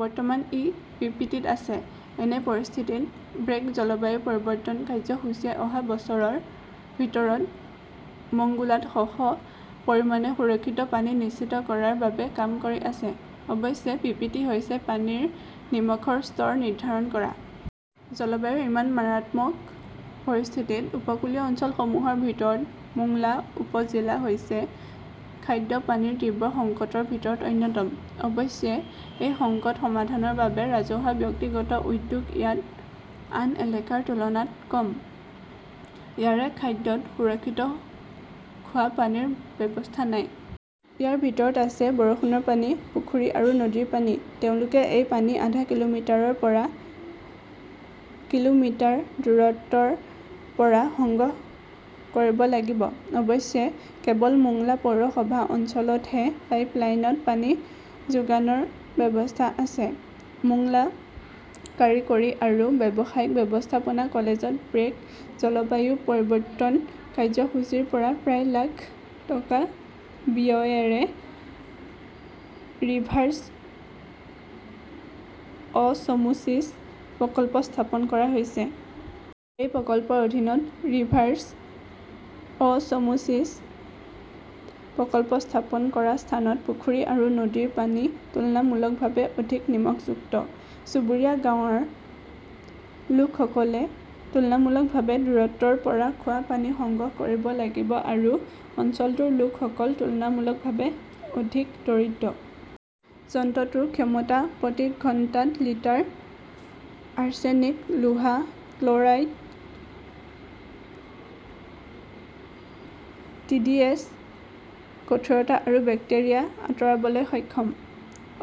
বৰ্তমান ই পিপিটিত আছে। এনে পৰিস্থিতিত ব্ৰেক জলবায়ু পৰিৱৰ্তন কাৰ্যসূচীয়ে অহা বছৰৰ ভিতৰত মংগোলাত শ শ পৰিমাণে সুৰক্ষিত পানী নিশ্চিত কৰাৰ বাবে কাম কৰি আছে। অৱশ্যে, পিপিটি হৈছে পানীৰ নিমখৰ স্তৰ নিৰ্ধাৰণ কৰা। জলবায়ুৰ ইমান মাৰাত্মক পৰিস্থিতিত উপকূলীয় অঞ্চলসমূহৰ ভিতৰত মোংলা উপ-জিলা হৈছে খাদ্য পানীৰ তীব্ৰ সংকটৰ ভিতৰত অন্যতম। অৱশ্যে, এই সংকট সমাধানৰ বাবে ৰাজহুৱা-ব্যক্তিগত উদ্যোগ ইয়াত আন এলেকাৰ তুলনাত কম। ইয়াৰে খাদ্যত সুৰক্ষিত খোৱা পানীৰ ব্যৱস্থা নাই। ইয়াৰ ভিতৰত আছে বৰষুণৰ পানী, পুখুৰী আৰু নদীৰ পানী। তেওঁলোকে এই পানী আধা কিলোমিটাৰৰ পৰা কিলোমিটাৰ দূৰত্বৰ পৰা সংগ্ৰহ কৰিব লাগিব। অৱশ্যে, কেৱল মোংলা পৌৰসভা অঞ্চলতহে পাইপলাইনত পানী যোগানৰ ব্যৱস্থা আছে। মোংলা কাৰিকৰী আৰু ব্যৱসায়িক ব্যৱস্থাপনা কলেজত ব্ৰেক জলবায়ু পৰিৱৰ্তন কাৰ্যসূচীৰ পৰা প্ৰায় লাখ টকা ব্যয়েৰে ৰিভাৰ্ছ ''অ ছমোছিছ'' প্ৰকল্প স্থাপন কৰা হৈছে। এই প্ৰকল্পৰ অধীনত ৰিভাৰ্ছ ''অ ছমোছিছ'' প্ৰকল্প স্থাপন কৰা স্থানত পুখুৰী আৰু নদীৰ পানী তুলনামূলকভাৱে অধিক নিমখযুক্ত। চুবুৰীয়া গাঁৱৰ লোকসকলে তুলনামূলকভাৱে দূৰত্বৰ পৰা খোৱা পানী সংগ্ৰহ কৰিব লাগিব আৰু অঞ্চলটোৰ লোকসকল তুলনামূলকভাৱে অধিক দৰিদ্ৰ। যন্ত্ৰটোৰ ক্ষমতা প্ৰতি ঘণ্টাত লিটাৰ। আৰ্ছেনিক, লোহা, ক্ল'ৰাইড, টিডিএছ, কঠোৰতা আৰু বেক্টেৰিয়া আঁতৰাবলৈ সক্ষম।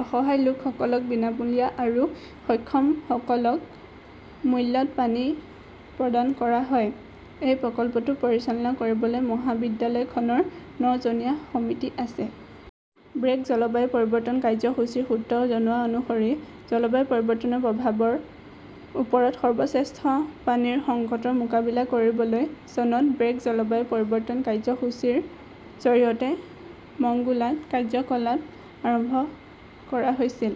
অসহায় লোকসকলক বিনামূলীয়া আৰু সক্ষমসকলক মূল্যত পানী প্ৰদান কৰা হয়। এই প্ৰকল্পটো পৰিচালনা কৰিবলৈ মহাবিদ্যালয়খনৰ ন জনীয়া সমিতি আছে। ব্ৰেক জলবায়ু পৰিৱৰ্তন কাৰ্যসূচীৰ সূত্ৰই জনোৱা অনুসৰি, জলবায়ু পৰিৱৰ্তনৰ প্ৰভাৱৰ ওপৰত সৰ্বশ্ৰেষ্ঠ পানীৰ সংকটৰ মোকাবিলা কৰিবলৈ চনত ব্ৰেক জলবায়ু পৰিৱৰ্তন কাৰ্যসূচীৰ জৰিয়তে মংগোলাত কাৰ্যকলাপ আৰম্ভ কৰা হৈছিল।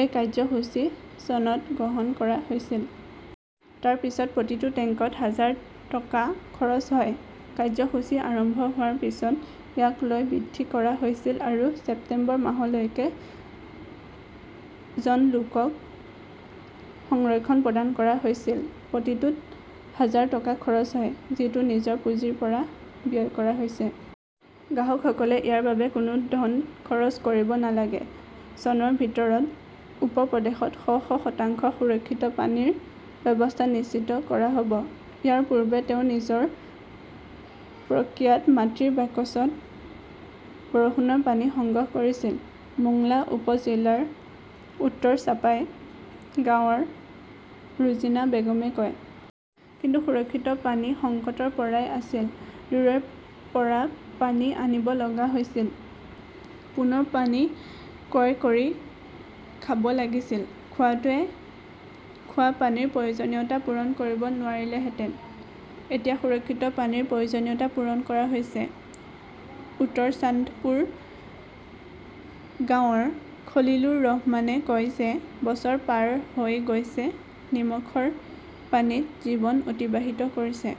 এই কাৰ্যসূচী চনত গ্ৰহণ কৰা হৈছিল। তাৰ পিছত প্ৰতিটো টেংকত হাজাৰ টকা খৰচ হয়। কাৰ্যসূচী আৰম্ভ হোৱাৰ পিছত ইয়াক লৈ বৃদ্ধি কৰা হৈছিল আৰু ছেপ্টেম্বৰ মাহলৈকে জন লোকক সংৰক্ষণ প্ৰদান কৰা হৈছিল। প্ৰতিটোত হাজাৰ টকা খৰচ হয়। যিটো নিজৰ পুঁজিৰ পৰা ব্যয় কৰা হৈছে। গ্ৰাহকসকলে ইয়াৰ বাবে কোনো ধন খৰচ কৰিব নালাগে। চনৰ ভিতৰত উপ-প্ৰদেশত শ শ শতাংশ সুৰক্ষিত পানীৰ ব্যৱস্থা নিশ্চিত কৰা হ 'ব। ইয়াৰ পূৰ্বে তেওঁ নিজৰ প্ৰক্ৰিয়াত মাটিৰ বাকচত বৰষুণৰ পানী সংগ্ৰহ কৰিছিল, মোংলা উপ-জিলাৰ উত্তৰ চাপাই গাঁৱৰ ৰোজিনা বেগমে কয়। কিন্তু সুৰক্ষিত পানী সংকটৰ পৰাই আছিল। দূৰৈৰ পৰা পানী আনিব লগা হৈছিল। পুনৰ পানী ক্ৰয় কৰি খাব লাগিছিল। খোৱাটোৱে খোৱা পানীৰ প্ৰয়োজনীয়তা পূৰণ কৰিব নোৱাৰিলেহেঁতেন। এতিয়া সুৰক্ষিত পানীৰ প্ৰয়োজনীয়তা পূৰণ কৰা হৈছে। উত্তৰ চান্দপুৰ গাঁৱৰ খলিলুৰ ৰহমানে কয় যে- বছৰ পাৰ হৈ গৈছে, নিমখৰ পানীত জীৱন অতিবাহিত কৰিছে।